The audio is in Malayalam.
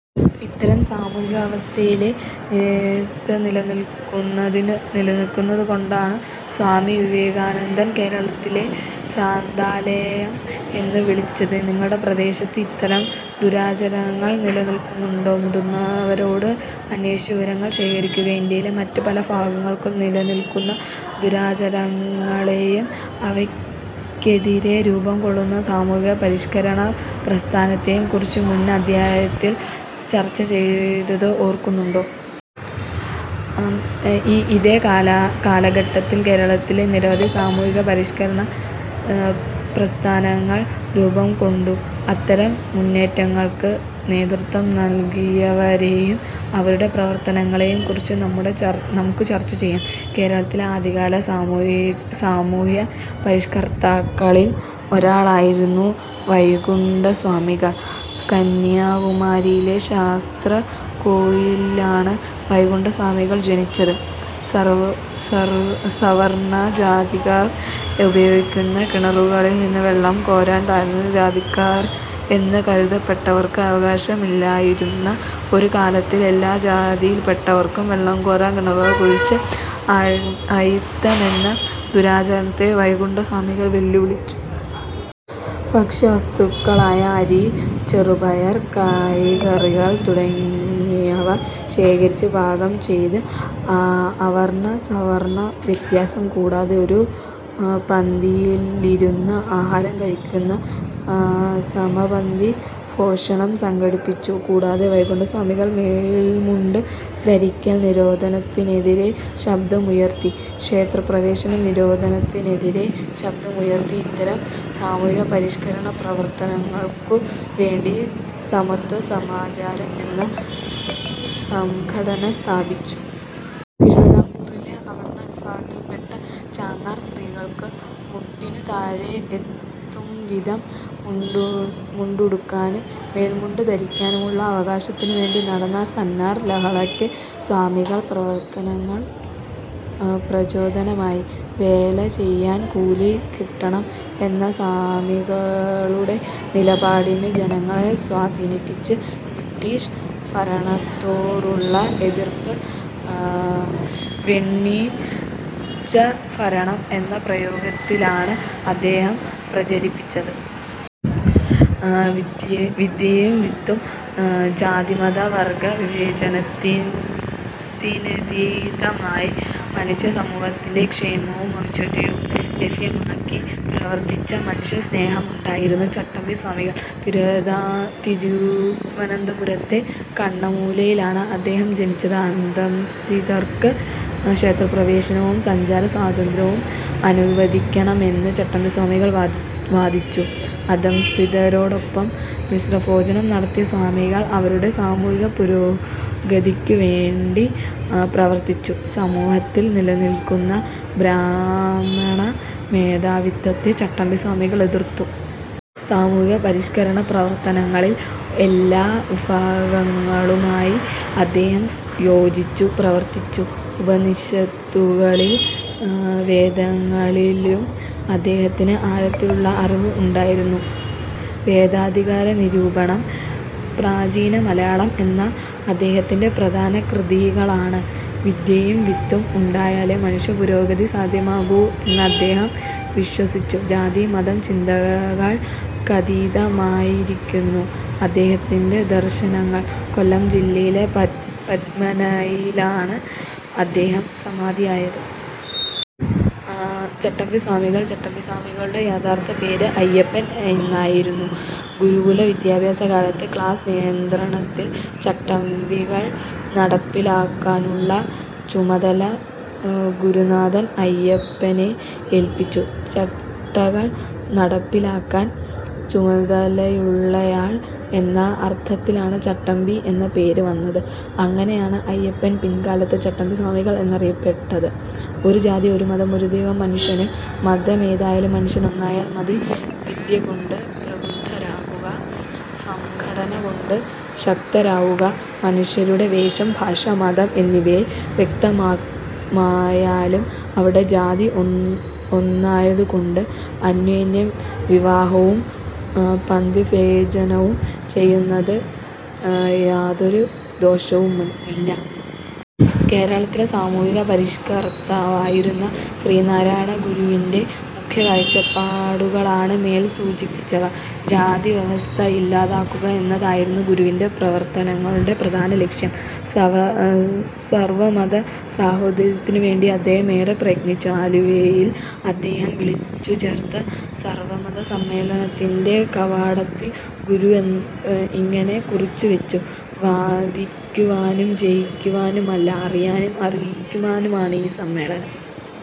ഇത്തരം സാമൂഹികാവസ്ഥ നിലനിന്നിരുന്നതുകൊണ്ടാണ് സ്വാമി വിവേകാനന്ദൻ കേരളത്തെ ഭ്രാന്താലയം' എന്ന് വിളിച്ചത്. നിങ്ങളുടെ പ്രദേശത്ത് ഇത്തരം ദുരാചാരങ്ങൾ നിലനിന്നിരുന്നോ? മുതിർന്നവരോട് അന്വേഷിച്ച് വിവരങ്ങൾ ശേഖരിക്കുക. ഇന്ത്യയുടെ മറ്റ് പല ഭാഗങ്ങളിലും നിലനിന്നിരുന്ന ദുരാചാരങ്ങളെയും അവയ്ക്കെതിരെ രൂപം കൊണ്ട് സാമൂഹിക പരിഷ്കരണ പ്രസ്ഥാനങ്ങളെയും കുറിച്ച് മുൻ അധ്യായത്തിൽ ചർച്ചചെയ്തത് ഓർക്കുമല്ലോ. ഇതേ കാലഘട്ടത്തിൽ കേരളത്തിലും നിരവധി സാമൂഹിക പരിഷ്കരണ പ്രസ്ഥാനങ്ങൾ രൂപം കൊണ്ടു. അത്തരം മുന്നേറ്റങ്ങൾക്ക് നേതൃത്വം നൽകിയവരെയും അവരുടെ പ്രവർത്തനങ്ങളെയും കുറിച്ച് നമുക്ക് ചർച്ച ചെയ്യാം. കേരളത്തിലെ ആദ്യകാല സാമൂഹ്യപരിഷ്ക്കർത്താക്കളിൽ ഒരാളായിരുന്നു വൈകുണ്ഠസ്വാമികൾ. കന്യാകുമാരിയിലെ ശാസ്താംകോയിലിലാണ് വൈകുണ്ഠ സ്വാമികൾ ജനിച്ചത്. സവർണ്ണജാതിക്കാർ ഉപയോഗിച്ചിരുന്ന കിണറുകളിൽ നിന്ന് വെള്ളം കോരാൻ താഴ്ന്നജാതിക്കാർ എന്ന് കരുതപ്പെട്ടവർക്ക് അവകാശം ഇല്ലാതിരുന്ന ഒരു കാലത്തിൽ എല്ലാ ജാതിയിൽപ്പെട്ടവർക്കും വെള്ളം കോരാൻ കിണറുകൾ കുഴിച്ച് അയിത്തമെന്ന ദുരാചാരത്തെ വൈകുണ്ഠ സ്വാമികൾ വെല്ലുവിളിച്ചു. ഭക്ഷ്യവസ്തുക്കളായ അരി, ചെറുപയർ, കായ്കറികൾ തുടങ്ങിയവ ശേഖരിച്ച് പാകം ചെയ്ത് അവർണ്ണ സവർണ്ണ വ്യത്യാസം കൂടാതെ ഒരു പന്തിയിലിരുന്ന് ആഹാരം കഴിക്കുന്ന സമപന്തി ഭോജനം സംഘടിപ്പിച്ചു. കൂടാതെ വൈകുണ്ഠസ്വാമികൾ മേൽമുണ്ട് ധരിക്കൽ നിരോധനത്തിനെതിരെ ശബ്ദമുയർത്തി. ക്ഷേത്രപ്രവേശന നിരോധനത്തിനെതിരെ ശബ്ദമുയർത്തി. ഇത്തരം സാമൂഹ്യപരിഷ്കരണപ്രവർത്തനങ്ങൾക്കുവേണ്ടി സമത്വസമാജം എന്ന സംഘടന സ്ഥാപിച്ചു. തിരുവിതാംകൂറിലെ അവർണ്ണ വിഭാഗത്തിൽപ്പെട്ട ചാന്നാർ സ്ത്രീകൾക്ക് മുട്ടിനുതാഴെ എത്തും വിധം മുണ്ടുടുക്കാനും മേൽമുണ്ട് ധരിക്കാനുമുള്ള അവകാശത്തിനുവേണ്ടി നടന്ന ചാന്നാർ ലഹളയ്ക്ക് സ്വാമികളുടെ പ്രവർത്തനങ്ങൾ പ്രചോദനമായി. "വേല ചെയ്താൽ കൂലി കിട്ടണം" എന്ന സ്വാമികളുടെ നിലപാടും ജനങ്ങളെ സ്വാധീനിച്ചു. ബ്രിട്ടീഷ് ഭരണത്തോടുള്ള എതിർപ്പ് "വെൺ നീചഭരണം' എന്ന പ്രയോഗത്തിലാണ് അദ്ദേഹം പ്രകടിപ്പിച്ചത്. വിദ്യയും വിത്തവും ജാതിമത വർഗ്ഗ വിവേചനത്തിനതീതമായി മനുഷ്യസമൂഹത്തിന്റെ ക്ഷേമവും ഐശ്വര്യവും ലക്ഷ്യമാക്കി പ്രവർത്തിച്ച മനുഷ്യ സ്നേഹിയായിരുന്നു ചട്ടമ്പി സ്വാമികൾ. തിരുവനന്തപുരത്തെ കണ്ണമൂലയിലാണ് അദ്ദേഹം ജനിച്ചത്. അധഃസ്ഥിതർക്ക് ക്ഷേത്രപ്രവേശനവും സഞ്ചാരസ്വാതന്ത്ര്യവും അനുവദിക്കണമെന്ന് ചട്ടമ്പിസ്വാമികൾ വാദിച്ചു. അധഃസ്ഥിതരോടൊപ്പം മിശ്രഭോജനം നടത്തിയ സ്വാമികൾ അവരുടെ സാമൂഹിക പുരോഗതിക്കുവേണ്ടി പ്രവർത്തിച്ചു. സമൂഹത്തിൽ നില നിന്നിരുന്ന ബ്രാഹ്മണമേധാവിത്വത്തെ ചട്ടമ്പിസ്വാമികൾ എതിർത്തു. സാമൂഹികപരിഷ്കരണ പ്രവർത്തനങ്ങളിൽ എല്ലാവിഭാഗങ്ങളുമായി അദ്ദേഹം യോജിച്ചു പ്രവർത്തിച്ചു. ഉപനിഷത്തുകളിലും വേദങ്ങളിലും അദ്ദേഹത്തിന് ആഴത്തിലുള്ള അറിവ് ഉണ്ടായിരുന്നു. ""വേദാധികാരനിരൂപണം', ""പ്രാചീനമലയാളം' എന്നിവ അദ്ദേഹത്തിന്റെ പ്രധാന കൃതികളാണ്. ""വിദ്യയും വിത്തവും' ഉണ്ടെങ്കിലേ മനുഷ്യപുരോഗതി സാധ്യമാകൂ എന്നദ്ദേഹം വിശ്വസിച്ചു. ജാതി മത ചിന്തകൾക്കതീതമായിരുന്നു അദ്ദേഹത്തിന്റെ ദർശനങ്ങൾ. കൊല്ലം ജില്ലയിലെ പന്മനയിലാണ് അദ്ദേഹം സമാധി ആയത്. ചട്ടമ്പി സ്വാമികൾ ചട്ടമ്പിസ്വാമികളുടെ യഥാർത്ഥ പേര് അയ്യപ്പൻ എന്നായിരുന്നു. ഗുരുകുല വിദ്യാഭ്യാസകാലത്ത് ക്ലാസ് നിയന്ത്രണത്തിന് ചട്ടങ്ങൾ നടപ്പിലാക്കാനുള്ള ചുമതല ഗുരുനാഥൻ അയ്യപ്പനെ ഏൽപ്പിച്ചു. ചട്ടങ്ങൾ നടപ്പിലാക്കാൻ ചുമതലയുള്ളയാൾ എന്ന അർത്ഥത്തിലാണ് ചട്ടമ്പി എന്ന പേര് വന്നത്. അങ്ങനെയാണ് അയ്യപ്പൻ പിൽക്കാലത്ത് ചട്ടമ്പി സ്വാമികൾ എന്നറിയപ്പെട്ടത്. "ഒരു ജാതി ഒരു മതം ഒരു ദൈവം മനുഷ്യന്' ", "മതമേതായാലും മനുഷ്യൻ നന്നായാൽ മതി', ""വിദ്യകൊണ്ട് പ്രബുദ്ധരാവുക, സംഘടന കൊണ്ട് ശക്തരാകുക' "മനുഷ്യരുടെ വേഷം, ഭാഷ, മതം എന്നിവ വ്യക്തമായാലും അവരുടെ ജാതി ഒന്നായതുകൊണ്ട്, അന്യോന്യം വിവാഹവും പന്തിഭോജനവും ചെയ്യുന്നതിന് യാതൊരു ദോഷവുമില്ല. ' കേരളത്തിലെ സാമൂഹ്യപരിഷ്കർത്താവായിരുന്ന ശ്രീനാരായണ ഗുരുവിന്റെ മുഖ്യ കാഴ്ചപ്പാടുകളാണ് മേൽ സൂചിപ്പിച്ചവ. ജാതിവ്യവസ്ഥ ഇല്ലാതാക്കുക എന്നതായിരുന്നു ഗുരുവിന്റെ പ്രവർത്തനങ്ങളുടെ പ്രധാനലക്ഷ്യം. സർവ്വമത സാഹോദര്യത്തിനുവേണ്ടി അദ്ദേഹം ഏറെ പ്രയത്നിച്ചു. ആലുവയിൽ അദ്ദേഹം വിളിച്ചുചേർത്ത സർവ്വമത സമ്മേളനത്തിന്റെ കവാടത്തിൽ ഗുരു ഇങ്ങനെ കുറിച്ചുവച്ചു. വാദിക്കുവാനും ജയിക്കുവാനുമല്ല, അറിയാനും അറിയിക്കുവാനുമാണ് ഈ സമ്മേളനം.